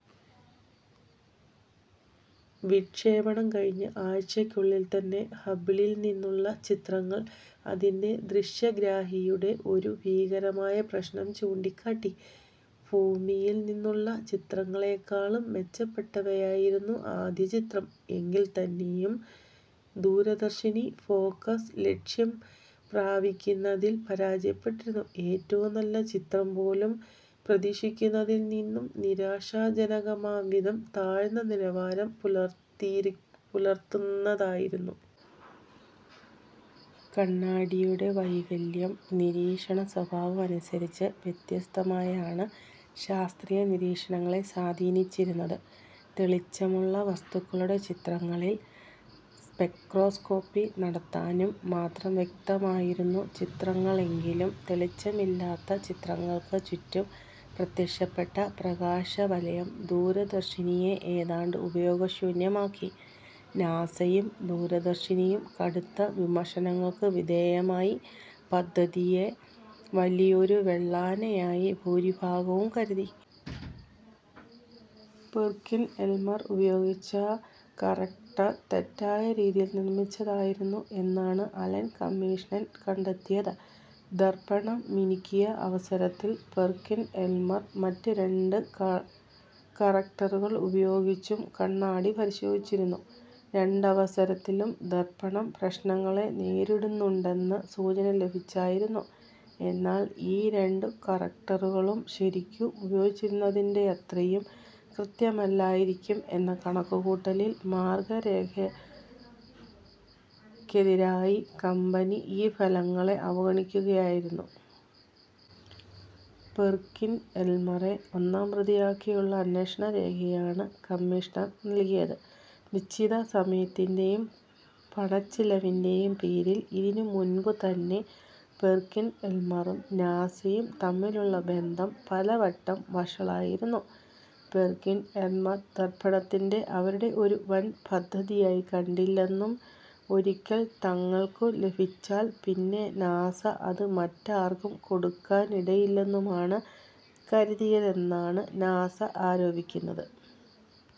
വിക്ഷേപണം കഴിഞ്ഞ് ആഴ്ച്ചകൾക്കുള്ളിൽ തന്നെ ഹബിളിൽ നിന്നുമുള്ള ചിത്രങ്ങൾ അതിന്റെ ദൃശ്യഗ്രാഹിയുടെ ഒരു ഭീകരമായ പ്രശ്നം ചൂണ്ടിക്കാട്ടി. ഭൂമിയിൽ നിന്നുള്ള ചിത്രങ്ങളേക്കാളും മെച്ചപ്പെട്ടവയായിരുന്നു ആദ്യചിത്രം എങ്കിൽ തന്നേയും, ദൂരദർശിനി ഫോകസ് ലക്ഷ്യം പ്രാപിക്കുന്നതിൽ പരാജയപ്പെട്ടിരുന്നു. ഏറ്റവും നല്ല ചിത്രം പോലും പ്രതീക്ഷിച്ചിരുന്നതിൽ നിന്നും നിരാശാജനകമാം വിധം താഴ്ന്ന നിലവാരം പുലർത്തുന്നതായിരുന്നു. കണ്ണാടിയുടെ വൈകല്യം നിരീക്ഷണ സ്വഭാവം അനുസരിച്ച് വ്യത്യസ്തമായാണ് ശാസ്ത്രീയ നിരീക്ഷണങ്ങളെ സ്വാധീനിച്ചിരുന്നത്. തെളിച്ചമുള്ള വസ്തുക്കളുടെ ചിത്രങ്ങളിൽ സ്പെക്ട്രോസ്കോപി നടത്താനും മാത്രം വ്യക്തമായിരുന്നു ചിത്രങ്ങളെങ്കിലും, തെളിച്ചമില്ലാത്ത ചിത്രങ്ങൾക്കു ചുറ്റും പ്രത്യക്ഷപ്പെട്ട പ്രകാശവലയം ദൂരദർശിനിയെ ഏതാണ്ട് ഉപയോഗശൂന്യമാക്കി. നാസയും ദൂരദർശിനിയും കടുത്ത വിമർശനങ്ങൾക്ക് വിധേയമായി, പദ്ധതിയെ വലിയൊരുവെള്ളാനയായി ഭൂരിഭാഗവും കരുതി. പെർകിൻ-എൽമർ ഉപയോഗിച്ച നൾ കറക്റ്റർ തെറ്റായ രീതിയിൽ നിർമ്മിച്ചതായിരുന്നു എന്നാണ് അലൻ കമ്മീഷൻ കണ്ടെത്തിയത്. ദർപ്പണം മിനുക്കിയ അവസരത്തിൽ പെർകിൻ-എൽമർ മറ്റ് രണ്ട് നൾ കറക്റ്ററുകൾ ഉപയോഗിച്ചും കണ്ണാടി പരിശോധിച്ചിരുന്നു. രണ്ടവസരത്തിലും ദർപ്പണം പ്രശ്നങ്ങളെ നേരിടുന്നുണ്ടെന്ന് സൂചന ലഭിച്ചായിരുന്നു. എന്നാൽ ഈ രണ്ടു നൾ കറക്റ്ററുകളും ശരിക്കും ഉപയോഗിച്ചിരുന്നതിന്റെയത്രയും കൃത്യമല്ലായിരിക്കും എന്ന കണക്കുകൂട്ടലിൽ മാർഗ്ഗരേഖകൾക്കെതിരായി കമ്പനി ഈ ഫലങ്ങളെ അവഗണിക്കുകയായിരുന്നു. പെർകിൻ-എൽമറെ ഒന്നാംപ്രതിയാക്കിയുള്ള അന്വേഷണരേഖയാണ് കമ്മീഷൻ നൽകിയത്. നിശ്ചിത സമയത്തിന്റേയും പണച്ചിലവിന്റേയും പേരിൽ ഇതിനു മുമ്പേതന്നെ പെർകിൻ-എൽമറും നാസയും തമ്മിലുള്ള ബന്ധം പലവട്ടം വഷളായിരുന്നു. പെർകിൻ-എൽമർ ദർപ്പണത്തിനെ അവരുടെ ഒരു വൻ പദ്ധതിയായി കണ്ടില്ലെന്നും ഒരിക്കൽ തങ്ങൾക്കു ലഭിച്ചാൽ പിന്നെ നാസ അത് മറ്റാർക്കും കൊടുക്കാനിടയില്ലെന്നുമാണ് കരുതിയെന്നാണ് നാസ ആരോപിക്കുന്നത്.